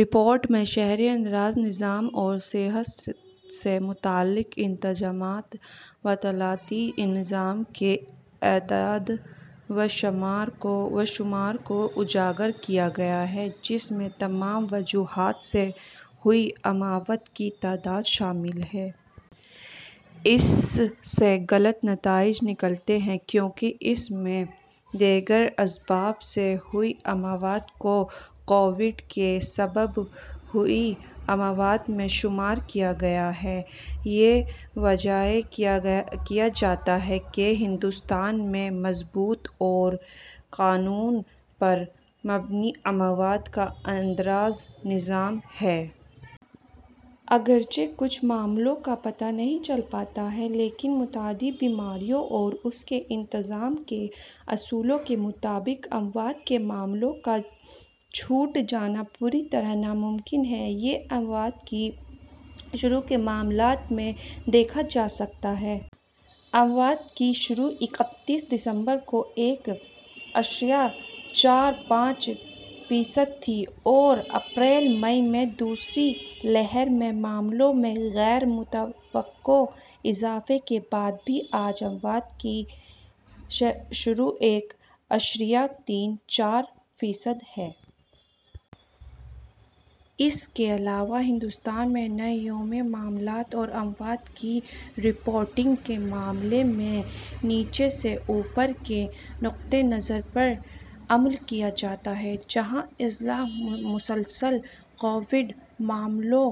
Report میں شہری اندراج نظام اور صحت سے متعلق انتظامات و اطلاعاتی نظام کے اعداد و شمار کو اجاگر کیا گیا ہے جس میں تمام وجوہات سے ہوئی اموات کی تعداد شامل ہے۔ اس سے غلط نتائج نکلتے ہیں کیونکہ اس میں دیگر اسباب سے ہوئی اموات کو کووڈ کے سبب ہوئی اموات میں شمار کیا گیا ہے۔ یہ واضح کیا جاتا ہے کہ ہندوستان میں مضبوط اور قانون پر مبنی اموات کا اندراج نظام ہے۔ اگرچہ کچھ معاملوں کا پتہ نہیں چل پاتا ہے لیکن متعدی بیماریوں اور اس کے انتظام کے اصولوں کے مطابق اموات کے معاملوں کا چھوٹ جانا پوری طرح ناممکن ہے۔ یہ اموات کی شرح کے معاملات میں دیکھا جا سکتا ہے۔ اموات کی شرح اکتیس دسمبر کو ایک اشاریہ چار پانچ فیصد تھی اور اپریل مئی میں دوسری لہر میں معاملوں میں غیر متوقع اضافے کے بعد بھی آج اموات کی شرح ایک اشاریہ تین چار فیصد ہے۔ اس کے علاوہ ہندوستان میں نئے یومیہ معاملات اور اموات کی رپورٹنگ کے معاملے میں نیچے سے اوپر کے نقطہ نظر پر عمل کیا جاتا ہے جہاں اضلاع مسلسل کووڈ معاملوں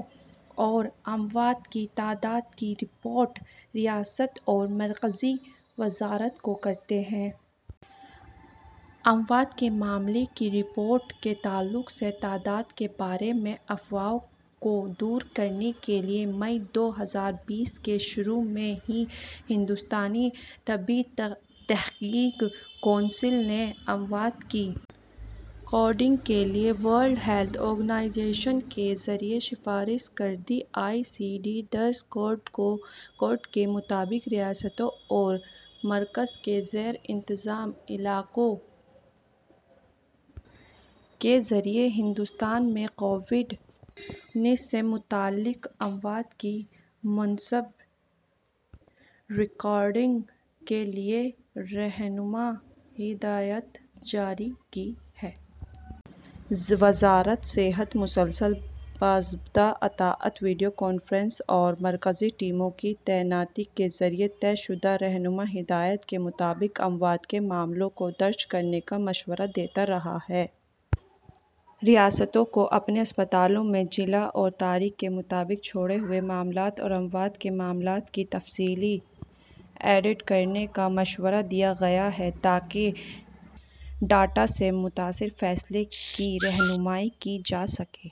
اور اموات کی تعداد کی رپورٹ ریاست اور مرکزی وزارت کو کرتے ہیں۔ اموات کے معاملے کی رپورٹ کے تعلق سے تعداد کے بارے میں افواہوں کو دور کرنے کے لیے مئی دو ہزار بیس کے شروع میں ہی ہندوستانی طبی تحقیق کونسل نے اموات کی کوڈنگ کے لیے ورلڈ ہیلتھ آرگنائزیشن کے ذریعہ سفارش کردہ آئی سی ڈی دس کوڈ کے مطابق ریاستوں اور مرکز کے زیر انتظام علاقوں کے ذریعہ ہندوستان میں کووڈ انیس سے متعلق اموات کی مناسب ریکارڈنگ کے لیے رہنما ہدایات جاری کی ہیں۔ وزارت صحت مسلسل باضابطہ اطلاعات ویڈیو کانفرنسنگ اور مرکزی ٹیموں کی تعیناتی کے ذریعہ طے شدہ رہنما ہدایات کے مطابق اموات کے معاملوں کو درج کرنے کا مشورہ دیتا رہا ہے۔ ریاستوں کو اپنے اسپتالوں میں ضلع اور تاریخ کے مطابق چھوٹے ہوئے معاملات اور اموات کے معاملات کی تفصیلی آڈٹ کرانے کا مشورہ دیا گیا ہے تاکہ ڈاٹا سے متاثر فیصلے کی رہنمائی کی جا سکے۔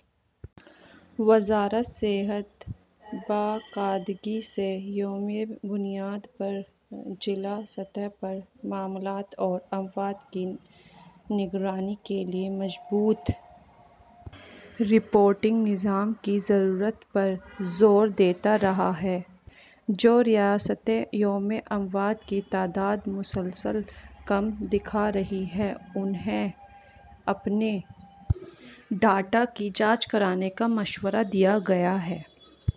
وزارت صحت باقاعدگی سے یومیہ بنیاد پر ضلع سطح پر معاملات اور اموات کی نگرانی کے لیے مضبوط رپورٹنگ نظام کی ضرورت پر زور دیتا رہا ہے۔ جو ریاستیں یومیہ اموات کی تعداد مسلسل کم دکھا رہی ہیں انہیں اپنے ڈاٹا کی جانچ کرانے کا مشورہ دیا گیا ہے۔